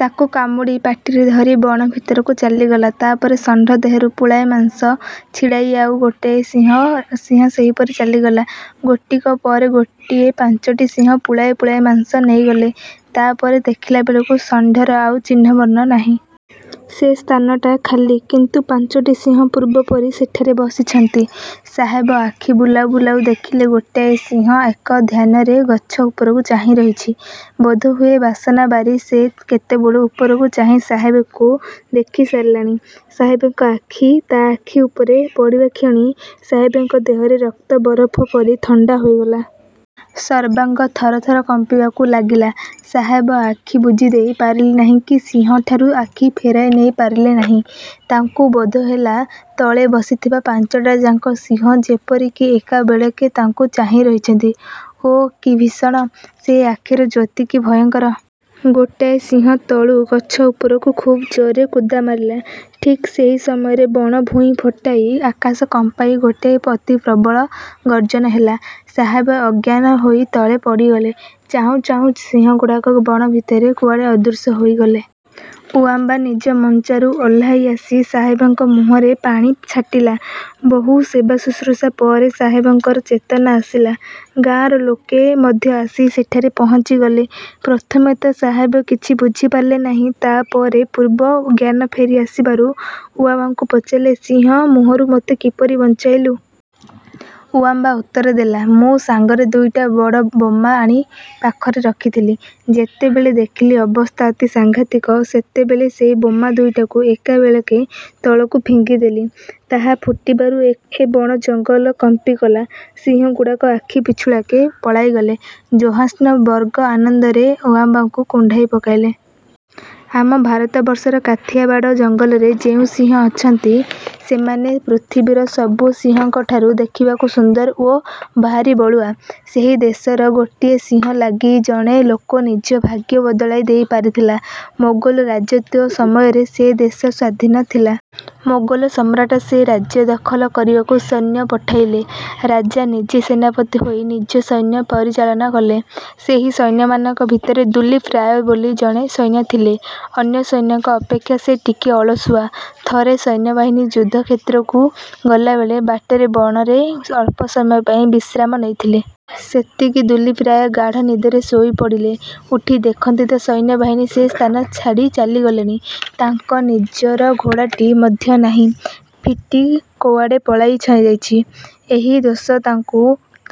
ତାକୁ କାମୁଡ଼ି ପାଟିରେ ଧରି ବଣ ଭିତରକୁ ଚାଲିଗଲା। ତା'ପରେ ଷଣ୍ଢ ଦେହରୁ ପୁଳାଏ ମାଂସ ଛିଡ଼ାଇ ଆଉ ଗୋଟାଏ ସିଂହ ସେହିପରି ଚାଲିଗଲା। ଗୋଟିକ ପରେ ଗୋଟିଏ ପାଞ୍ଚୋଟି ସିଂହ ପୁଳାଏ ପୁଳାଏ ମାଂସ ନେଇଗଲେ। ତା'ପରେ ଦେଖିଲାବେଳକୁ ଷଣ୍ଢର ଆଉ ଚିହ୍ନ ବର୍ଣ୍ଣ ନାହିଁ। ସେ ସ୍ଥାନଟା ଖାଲି। କିନ୍ତୁ ପାଞ୍ଚୋଟି ସିଂହ ପୂର୍ବ ପରି ସେଠାରେ ବସିଛନ୍ତି। ସାହେବ ଆଖି ବୁଲାଉ ବୁଲାଉ ଦେଖିଲେ, ଗୋଟାଏ ସିଂହ ଏକଧ୍ୟାନରେ ଗଛ ଉପରକୁ ଚାହିଁରହିଛି। ବୋଧହୁଏ ବାସନା ବାରି ସେ କେତେବେଳୁ ଉପରକୁ ଚାହିଁ ସାହେବଙ୍କୁ ଦେଖିସାରିଲାଣି। ସାହେବଙ୍କ ଆଖି ତା' ଆଖି ଉପରେ ପଡ଼ିବାକ୍ଷଣି ସାହେବଙ୍କ ଦେହର ରକ୍ତ ବରଫ ପରି ଥଣ୍ଡା ହୋଇଗଲା। ସର୍ବାଙ୍ଗ ଥରଥର କମ୍ପିବାକୁ ଲାଗିଲା। ସାହେବ ଆଖି ବୁଜିଦେଇ ପାରିଲେ ନାହିଁ କି ସିଂହାଠାରୁ ଆଖି ଫେରାଇ ନେଇପାରିଲେ ନାହିଁ। ତାଙ୍କୁ ବୋଧହେଲା-ତଳେ ବସିଥିବା ପାଞ୍ଚଟାଯାକ ସିଂହ ଯେପରି କି ଏକାବେଳକେ ତାଙ୍କୁ ଚାହିଁ ରହିଛନ୍ତି। ଓଃ, କି ଭୀଷଣ! ସେ ଆଖିର ଜ୍ୟୋତି କି ଭୟଙ୍କର! ଗୋଟାଏ ସିଂହ ତଳୁ ଗଛ ଉପରକୁ ଖୁବ୍ ଜୋରରେ କୁଦାମାରିଲା। ଠିକ୍ ସେହି ସମୟରେ ବଣ ଭୂଇଁ ଫଟାଇ, ଆକାଶ କମ୍ପାଇ ଗୋଟାଏ ଅତି ପ୍ରବଳ ଗର୍ଜନ ହେଲା। ସାହେବ ଅଜ୍ଞାନ ହୋଇ ତଳେ ପଡ଼ିଗଲେ। ଚାହୁଁ ଚାହୁଁ ସିଂହଗୁଡ଼ାକ ବଣ ଭିତରେ କୁଆଡ଼େ ଅଦୃଶ୍ୟ ହୋଇଗଲେ। ଉଆମ୍ବା ନିଜ ମଞ୍ଚାରୁ ଓହ୍ଲାଇ ଆସି ସାହେବଙ୍କ ମୁହଁରେ ପାଣି ଛାଟିଲା। ବହୁ ସେବାଶୁଶ୍ରୁଷା ପରେ ସାହେବଙ୍କର ଚେତନା ଆସିଲା। ଗାଆଁର ଲୋକେ ମଧ୍ୟ ଆସି ସେଠାରେ ପହଞ୍ଚିଗଲେ। ପ୍ରଥମେ ତ ସାହେବ କିଛି ବୁଝିପାରିଲେ ନାହିଁ। ତା'ପରେ ପୂର୍ବ ଜ୍ଞାନ ଫେରି ଆସିବାରୁ ଉଆମ୍ବାକୁ ପଚାରିଲେ, ''ସିଂହ ମୁହଁରୁ ମୋତେ କିପରି ବଞ୍ଚାଇଲୁ? '' ଉଆମ୍ବା ଉତ୍ତର ଦେଲା ''ମୁଁ ସାଙ୍ଗରେ ଦୁଇଟା ବଡ଼ ବୋମା ଆଣି ପାଖରେ ରଖିଥିଲି। ଯେତେବେଳେ ଦେଖିଲି, ଅବସ୍ଥା ଅତି ସାଙ୍ଘାତିକ, ସେତେବେଳେ ସେଇ ବୋମା ଦୁଇଟାକୁ ଏକାବେଳକେ ତଳକୁ ଫିଙ୍ଗିଦେଲି। ତାହା ଫୁଟିବାରୁ ଏ ବଣଜଙ୍ଗଲ କମ୍ପିଗଲା। ସିଂହଗୁଡ଼ାକ ଆଖିପିଛୁଳାକେ ପଳାଇଗଲେ। '' ଜୋହାନ୍ସବର୍ଗ ଆନନ୍ଦରେ ଉଆମ୍ବାକୁ କୁଣ୍ଢାଇ ପକାଇଲେ। ଆମ ଭାରତବର୍ଷର କାଥିଆବାଡ଼ ଜଙ୍ଗଲରେ ଯେଉଁ ସିଂହ ଅଛନ୍ତି, ସେମାନେ ପୃଥିବୀର ସବୁ ସିଂହଙ୍କଠାରୁ ଦେଖିବାକୁ ସୁନ୍ଦର ଓ ଭାରି ବଳୁଆ। ସେହି ଦେଶର ଗୋଟିଏ ସିଂହ ଲାଗି ଜଣେ ଲୋକ ନିଜ ଭାଗ୍ୟ ବଦଳାଇ ଦେଇ ପାରିଥିଲା। ମୋଗଲ ରାଜତ୍ୱ ସମୟରେ ସେ ଦେଶ ସ୍ୱାଧୀନ ଥିଲା। ମୋଗଲସମ୍ରାଟ ସେ ରାଜ୍ୟ ଦଖଲ କରିବାକୁ ସୈନ୍ୟ ପଠାଇଲେ। ରାଜା ନିଜେ ସେନାପତି ହୋଇ ନିଜ ସୈନ୍ୟ ପରିଚାଳନା କଲେ। ସେହି ସୈନ୍ୟମାନଙ୍କ ଭିତରେ ଦୁଲୀପ ରାୟ ବୋଲି ଜଣେ ସୈନ୍ୟ ଥିଲେ। ଅନ୍ୟ ସୈନ୍ୟଙ୍କ ଅପେକ୍ଷା ସେ ଟିକିଏ ଅଳସୁଆ। ଥରେ ସୈନ୍ୟବାହିନୀ ଯୁଦ୍ଧକ୍ଷେତ୍ରକୁ ଗଲାବେଳେ ବାଟରେ ବଣରେ ଅଳ୍ପ ସମୟ ପାଇଁ ବିଶ୍ରାମ ନେଇଥିଲେ। ସେତିକିବେଳେ ଦୁଲୀପ ରାୟ ଗାଢ଼ ନିଦରେ ଶୋଇପଡ଼ିଲେ। ଉଠି ଦେଖନ୍ତି ତ, ସୈନ୍ୟବାହିନୀ ସେ ସ୍ଥାନ ଛାଡ଼ି ଚାଲିଗଲେଣି। ତାଙ୍କ ନିଜର ଘୋଡ଼ାଟି ମଧ୍ୟ ନାହିଁ-ଫିଟି କୁଆଡ଼େ ପଳାଇ ଯାଇଛି। ଏହି ଦୋଷ ପାଇଁ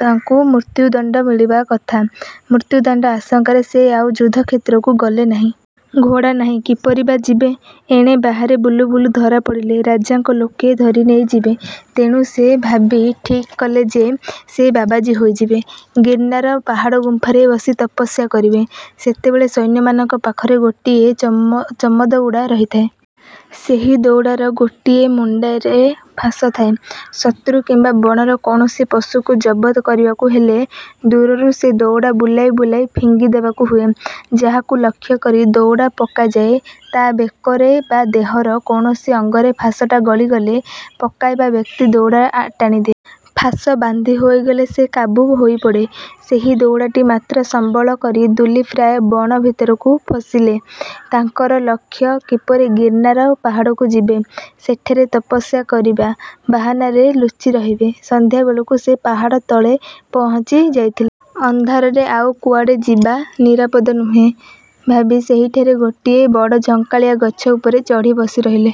ତାଙ୍କୁ ମୃତ୍ୟୁଦଣ୍ଡ ମିଳିବାର କଥା। ମୃତ୍ୟୁଦଣ୍ଡ ଆଶଙ୍କାରେ ସେ ଆଉ ଯୁଦ୍ଧକ୍ଷେତ୍ରକୁ ଗଲେ ନାହିଁ। ଘୋଡ଼ା ନାହିଁ, କିପରି ବା ଯିବେ? ଏଣେ ବାହାରେ ବୁଲୁ ବୁଲୁ ଧରାପଡ଼ିଲେ ରାଜାଙ୍କ ଲୋକେ ଧରି ନେଇଯିବେ। ତେଣୁ ସେ ଭାବି ଠିକ୍ କଲେ ଯେ, ସେ ବାବାଜୀ ହୋଇଯିବେ; ଗୀର୍ଣ୍ଣାର ପାହାଡ଼ ଗୁମ୍ଫାରେ ବସି ତପସ୍ୟା କରିବେ। ସେତେବେଳେ ସୈନ୍ୟମାନଙ୍କ ପାଖରେ ଗୋଟାଏ ଚମଦଉଡ଼ା ରହିଥାଏ। ସେହି ଦଉଡ଼ାର ଗୋଟାଏ ମୁଣ୍ଡରେ ଫାଶ ଥାଏ। ଶତ୍ରୁ କିମ୍ବା ବଣର କୌଣସି ପଶୁକୁ ଜବତ କରିବାକୁ ହେଲେ, ଦୂରରୁ ସେ ଦଉଡ଼ା ବୁଲାଇ ବୁଲାଇ ଫିଙ୍ଗି ଦେବାକୁ ହୁଏ। ଯାହାକୁ ଲକ୍ଷ୍ୟ କରି ଦଉଡ଼ା ପକାଯାଏ, ତା' ବେକରେ ବା ଦେହର କୌଣସି ଅଙ୍ଗରେ ଫାଶଟା ଗଳିଗଲେ, ପକାଇବା ବ୍ୟକ୍ତି ଦଉଡ଼ା ଟାଣିଦିଏ।। ଫାଶ ବାନ୍ଧି ହୋଇଗଲେ ସେ କାବୁ ହୋଇପଡ଼େ। ସେହି ଦଉଡ଼ାଟି ମାତ୍ର ସମ୍ବଳ କରି ଦୁଲୀପ ରାୟ ବଣ ଭିତରକୁ ପଶିଲେ। ତାଙ୍କର ଲକ୍ଷ୍ୟ, କିପରି ଗୀର୍ଣ୍ଣାର ପାହାଡ଼କୁ ଯିବେ। ସେଠାରେ ତପସ୍ୟା କରିବା ବାହାନାରେ ଲୁଚି ରହିବେ-। ସନ୍ଧ୍ୟାବେଳକୁ ସେ ପାହାଡ଼ ତଳେ ପହଞ୍ଚି ଯାଇଥିଲେ। ଅନ୍ଧାରରେ ଆଉ କୁଆଡ଼େ ଯିବା ନିରାପଦ ନୁହେଁ ଭାବି ସେହିଠାରେ ଗୋଟିଏ ବଡ଼ ଝଙ୍କାଳିଆ ଗଛ ଉପରେ ଚଢ଼ି ବସି ରହିଲେ।